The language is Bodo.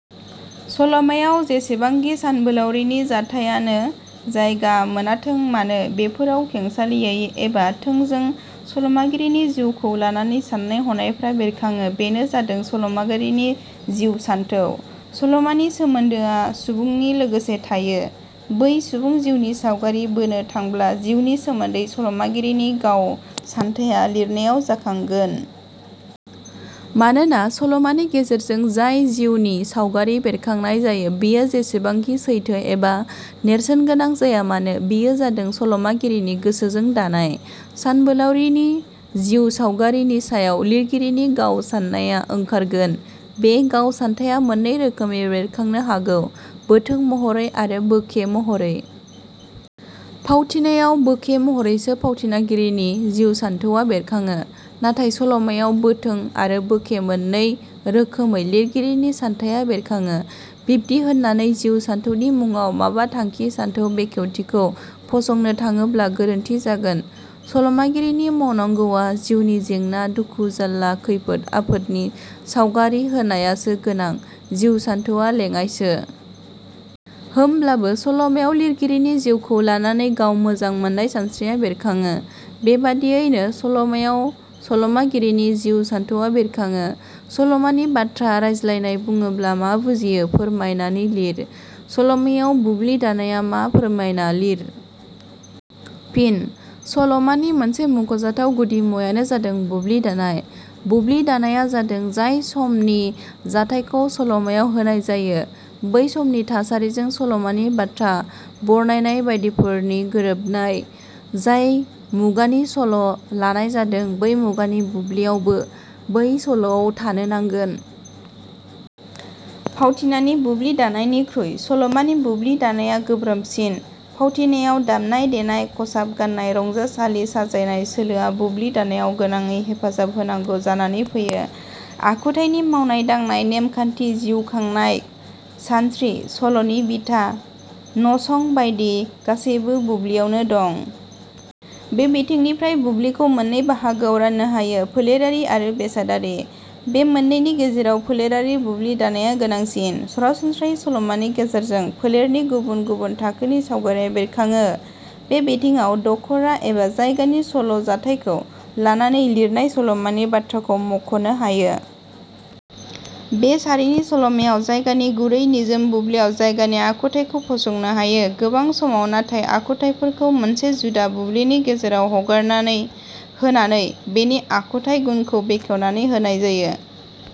सल'मायाव जेसेबांखि सानबोलावरिनि जाथाइयानो जायगा मोनाथों मानो बेफोराव खेंसालियायै एबा थोंजो सल 'मागिरिनि जिउखौ लानानै साननाय हनायफोरा बेरखाङो बेनो जादों सल'मागिरिनि जिउ सानथौ। सलमानि सोमोन्दोआ सुबुंनि लोगोसे थायो। बै सुबुं जिउनि सावगारि बोनो थांब्ला जिउनि सोमोन्दै सल'मागिरि गाव सानथाया लिरनायाव जाखांगोन। मानोना, सलमानि गेजेरजों जाय जिउनि सावगारि बेरखांनाय जायो, बेयो जेसेबांखि सैथो एबा नेरसोनगोनां जायामानो बेयो जादों सल'मागिरिनि गोसोजों दानाय। सानबोलाउरि जिउ सावगारिनि सायाव लिरगिरिनि गाव साननाया ओंखारगोन, बे गाव सानथाया मोननै रोखोमै बेरखांनो हागौ- बोथों महरै आरो बोखे महरै। फावथिनायाव बोखे महरैसो फावथिनागिरिनि जिउ सानथौवा बेरखाङो। नाथाय सलमायाव बोथों आरो बोखे मोननै रोखोमै लिरगिरिनि सानथाया बेरखाङो, बिब्दि होननानै जिउ सानथौनि मुङाव माबा थांखि सानथौ बेखेवथिखौ फसंनो थाङोब्ला गोरोन्थि जागोन। सल 'मागिरिनि मावनांगौवा जिउनि जेंना, दुखु, जाल्ला, खैफोद आफोदनि सावगारि होनायासो गोनां, जिउ सानथौवा लेङाइसो। होमब्लाबो सल'मायाव' लिरगिरिनि जिउखौ लानानै गाव मोजां मोननाय सानस्रिया बेरखाङो, बेबादियैनो सल 'मायाव सल 'मागिरिनि जिउ सानथौवा बेरखाङो। सल 'मानि बाथ्रा रायज्लायनाय बुङोब्ला मा बुजियो फोरमायना लिर। सल 'मायाव बुब्लि दानाया मा फोरमायना लिर। फिन: सल 'मानि मोनसे मख'जाथाव गुदि मुवाया जादों बुब्लि दानाय। बुब्लि दानाया जादों जाय समनि जाथाइखौ सल 'मायाव होनाय जायो बै समनि थासारिजों सलमानि बाथ्रा, बरनायनाय बायदिफोरनि गोरोबनाय। जाय मुगानि सल' लानाय जादों बै मुगानि बुब्लियाबो बै सल'आव थानो नांगोन। फावथिनानि बुब्लि दानायनिखुइ सलमानि बुब्लि दानाया गोब्राबसिन फावथिनायाव दामनाय देनाय, खसाब गाननाय रंजासालि साजायनाय सोलोआ बुब्लि दानायाव गोनाङै हेफाजाब होनांगौ जानानै फैयो। आखुथाइनि मावनाय दांनाय, नेमखान्थि जिउ खांनाय सानस्रि, सल 'नि बिथा, नसं बायदि गासैबो बुब्लियावनो दं। बे मिथिंनिफ्राय बुब्लिखौ मोननै बाहागोआव राननो हायो- फोलेरारि आरो बेसादारि। बे मोननैनि गेजेराव फोलेरारि बुब्लि दानाया गोनांसिन। सरासनस्रायै सल'मानि गेजेरजों फोलेरनि गुबुन गुबुन थाखोनि सावगारिया बेरखाङो। बे बिथिङाव दखरा एबा जायगानि सल' जाथायखौ लानानै लिरनाय सल 'मानि, बाथ्राखौ मख 'नो हायो। बे सारिनि सल 'मायाव जायगानि गुरै निजोम बुब्लियाव जायगानि आखुथाइखौ फसंनो हायो। गोबां समाव नाथाय आखुथाइफोरखौ मोनसे जुदा बुब्लिनि गेजेराव हगारनाय होनानै बेनि आखुथाइ गुनखौ बेखेवनानै होनाय जायो।